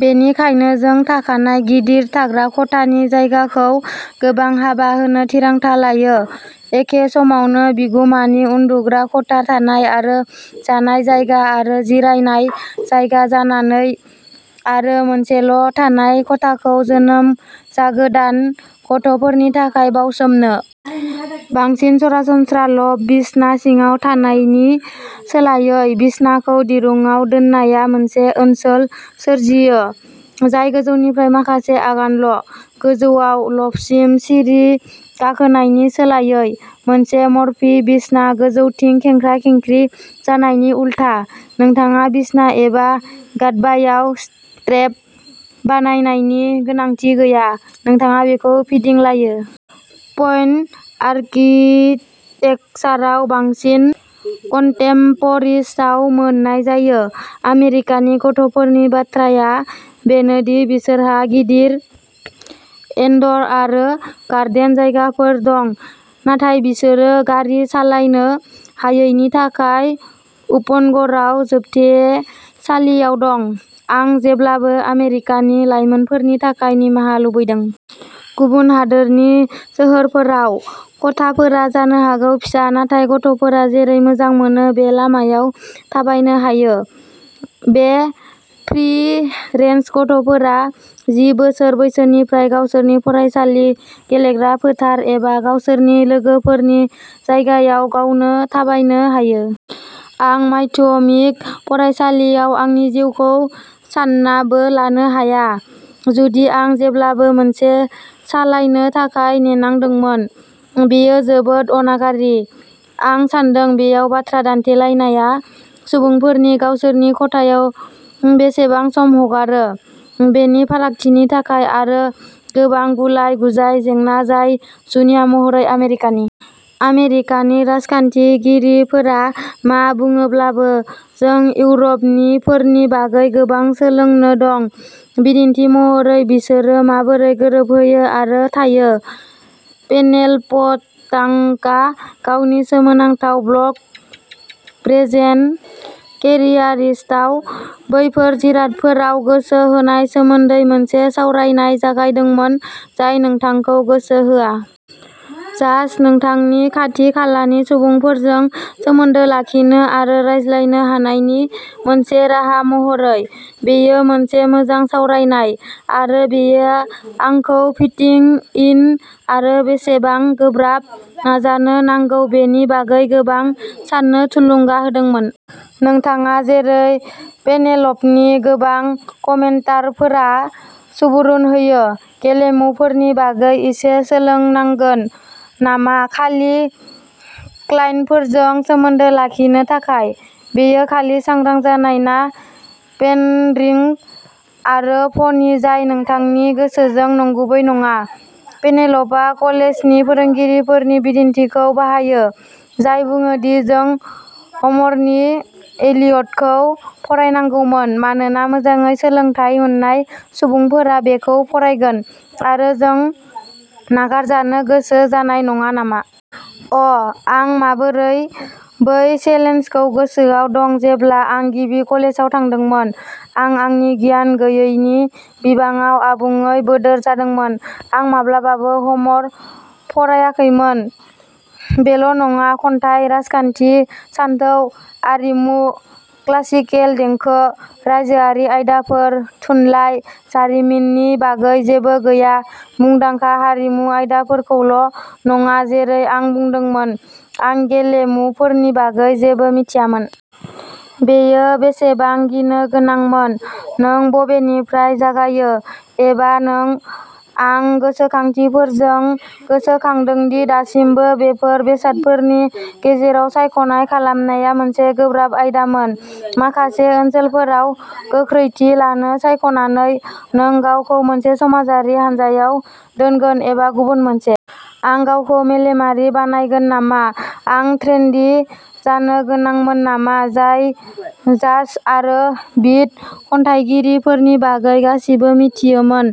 बेनिखायनो जों थाखानाय गिदिर थाग्रा खथानि जायगाखौ गोबां हाबा होनो थिरांथा लायो, एखे समावनो बिगुमानि उन्दुग्रा खथा, थानाय आरो जानाय जायगा आरो जिरायनाय जायगा जानानै आरो मोनसेल' थानाय खथाखौ जोनोम जागोदान गथ'फोरनि थाखाय बावसोमनो। बांसिन सरासनस्रा लफ्ट बिसना सिङाव थानायनि सोलायै, बिसनाखौ दिरुंआव दोननाया मोनसे ओनसोल सोरजियो जाय गोजौनिफ्राय माखासे आगानल' गोजौआव, लफ्टसिम सिरि गाखोनायनि सोलायै। मोनसे मर्फी बिसना गोजौथिं खेंख्रा खेंख्रि जानायनि उलथा, नोंथाङा बिसना एबा गादबायाव स्ट्रेप बानायनायनि गोनांथि गैया, नोंथाङा बेखौ फिदिंलायो। पइन्ट आर्किटेकसाराव बांसिन, कन्टेम्प'रिस्टआव मोन्नाय जायो। आमेरिकानि गथ'फोरनि बाथ्राया बेनो दि बिसोरहा गिदिर इनड'र आरो गार्डेन जायगाफोर दं, नाथाय बिसोरो गारि सालायनो हायैनि थाखाय उपनगराव जोबथेसालियाव दं। आं जेब्लाबो आमेरिकानि लाइमोनफोरनि थाखाय निमाहा लुबैदों। गुबुन हादोरनि सोहोरफोराव, खथाफोरा जानो हागौ फिसा नाथाय गथ'फोरा जेरै मोजां मोनो बे लामायाव थाबायनो हायो। बे फ्रि रेन्ज गथ'फोरा जि बोसोर बैसोनिफ्राय गावसोरनि फरायसालि, गेलेग्रा फोथार एबा गावसोरनि लोगोफोरनि जायगायाव गावनो थाबायनो हायो। आं माध्यमिक फरायसालियाव आंनि जिउखौ साननाबो लानो हाया, जुदि आं जेब्लाबो मोनसे सालायनो थाखाय नेनांदोंमोन! बेयो जोबोद अनागारि! आं सान्दों बेयाव बाथ्रा दान्थेलायनाया सुबुंफोरनि गावसोरनि खथायाव बेसेबां सम हगारो बेनि फारागथिनि थाखाय, आरो गोबां गुलाय गुजाय जेंना जाय जुनिया महरै आमेरिकानि। आमेरिकानि राजखान्थिगिरिफोरा मा बुङोब्लाबो, जों इउर'पनिफोरनि बागै गोबां सोलोंनो दं। बिदिन्थि महरै, बिसोरो माबोरै गोरोबहोयो आरो थायो। पेनेल'प ट्रांकआ गावनि सोमोनांथाव ब्लग ब्रेजेन केरियारिस्टआव, बैफोर जिरादफोराव गोसो होनाय सोमोन्दै मोनसे सावरायनाय जागायदोंमोन, जाय नोंथांखौ गोसो होआ। जास्ट नोंथांनि खाथि खालानि सुबुंफोरजों सोमोन्दो लाखिनो आरो रायज्लायनो हानायनि मोनसे राहा महरै। बेयो मोनसे मोजां सावरायनाय, आरो बेयो आंखौ फिटिं इन आरो बेसेबां गोब्राब नाजानो नांगौ बेनि बागै गोबां साननो थुलुंगा होदोंमोन। नोंथाङा, जेरै पेनेल'पनि गोबां कमेन्टारफोरा सुबुरुन होयो, गेलेमुफोरनि बागै एसे सोलोंनांगोन नामा खालि क्लाइन्टफोरजों सोमोन्दो लाखिनो थाखाय? बेयो खालि सांग्रां जानाय ना पेन्डरिंग आरो फ'नि जाय नोंथांनि गोसोजों नंगुबै नङा? पेनेल'पआ कलेजनि फोरोंगिरिफोरनि बिदिन्थिखौ बाहायो, जाय बुङो दि जों ह'मरनि इलियडखौ फरायनांगौमोन मानोना मोजाङै सोलोंथाय मोननाय सुबुंफोरा बेखौ फरायगोन, आरो जों नागारजानो गोसो जानाय नङा नामा? अ, आं माबोरै बै चेलेन्जखौ गोसोआव दं जेब्ला आं गिबि कलेजाव थांदोंमोन! आं आंनि गियान गैयिनि बिबाङाव आबुङै बोदोर जादोंमोन। आं माब्लाबाबो ह'मर फरायाखैमोन बेल' नङा खन्थाइ, राजखान्थि, सानथौ, आरिमु, क्लासिकेल देंखो, रायजोआरि आयदाफोर, थुनलाइ, जारिमिननि बागै जेबो गैया, मुंदांखा हारिमु आयदाफोरखौल' नङा जेरै आं बुंदोंमोन, आं गेलेमुफोरनि बागै जेबो मिथियामोन। बेयो बेसेबां गिनो गोनांमोन! नों बबेनिफ्राय जागायो? एबा नों? आं गोसोखांथिफोरजों गोसोखांदों दि दासिमबो, बेफोर बेसादफोरनि गेजेराव सायख'नाय खालामनाया मोनसे गोब्राब आयदामोन। माखासे ओनसोलफोराव' गोख्रैथि लानो सायख'नानै, नों गावखौ मोनसे समाजारि हानजायाव दोनगोन एबा गुबुन मोनसे। आं गावखौ मेलेमारि बानायगोन नामा? आं ट्रेन्डी जानो गोनांमोन नामा जाय जाज आरो बिट खन्थाइगिरिफोरनि बागै गासिबो मिथियोमोन?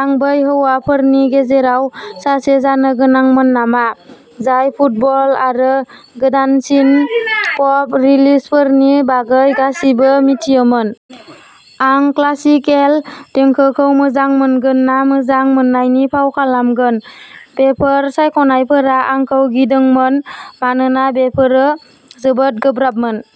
आं बै हौवाफोरनि गेजेराव सासे जानो गोनांमोन नामा जाय फुटबल आरो गोदानसिन पप रिलिजफोरनि बागै गासिबो मिथियोमोन? आं क्लासिकेल देंखोखौ मोजां मोनगोन ना मोजां मोननायनि फाव खालामगोन? बेफोर सायख'नायफोरा आंखौ गिदोंमोन मानोना बेफोरो जोबोद गोब्राबमोन।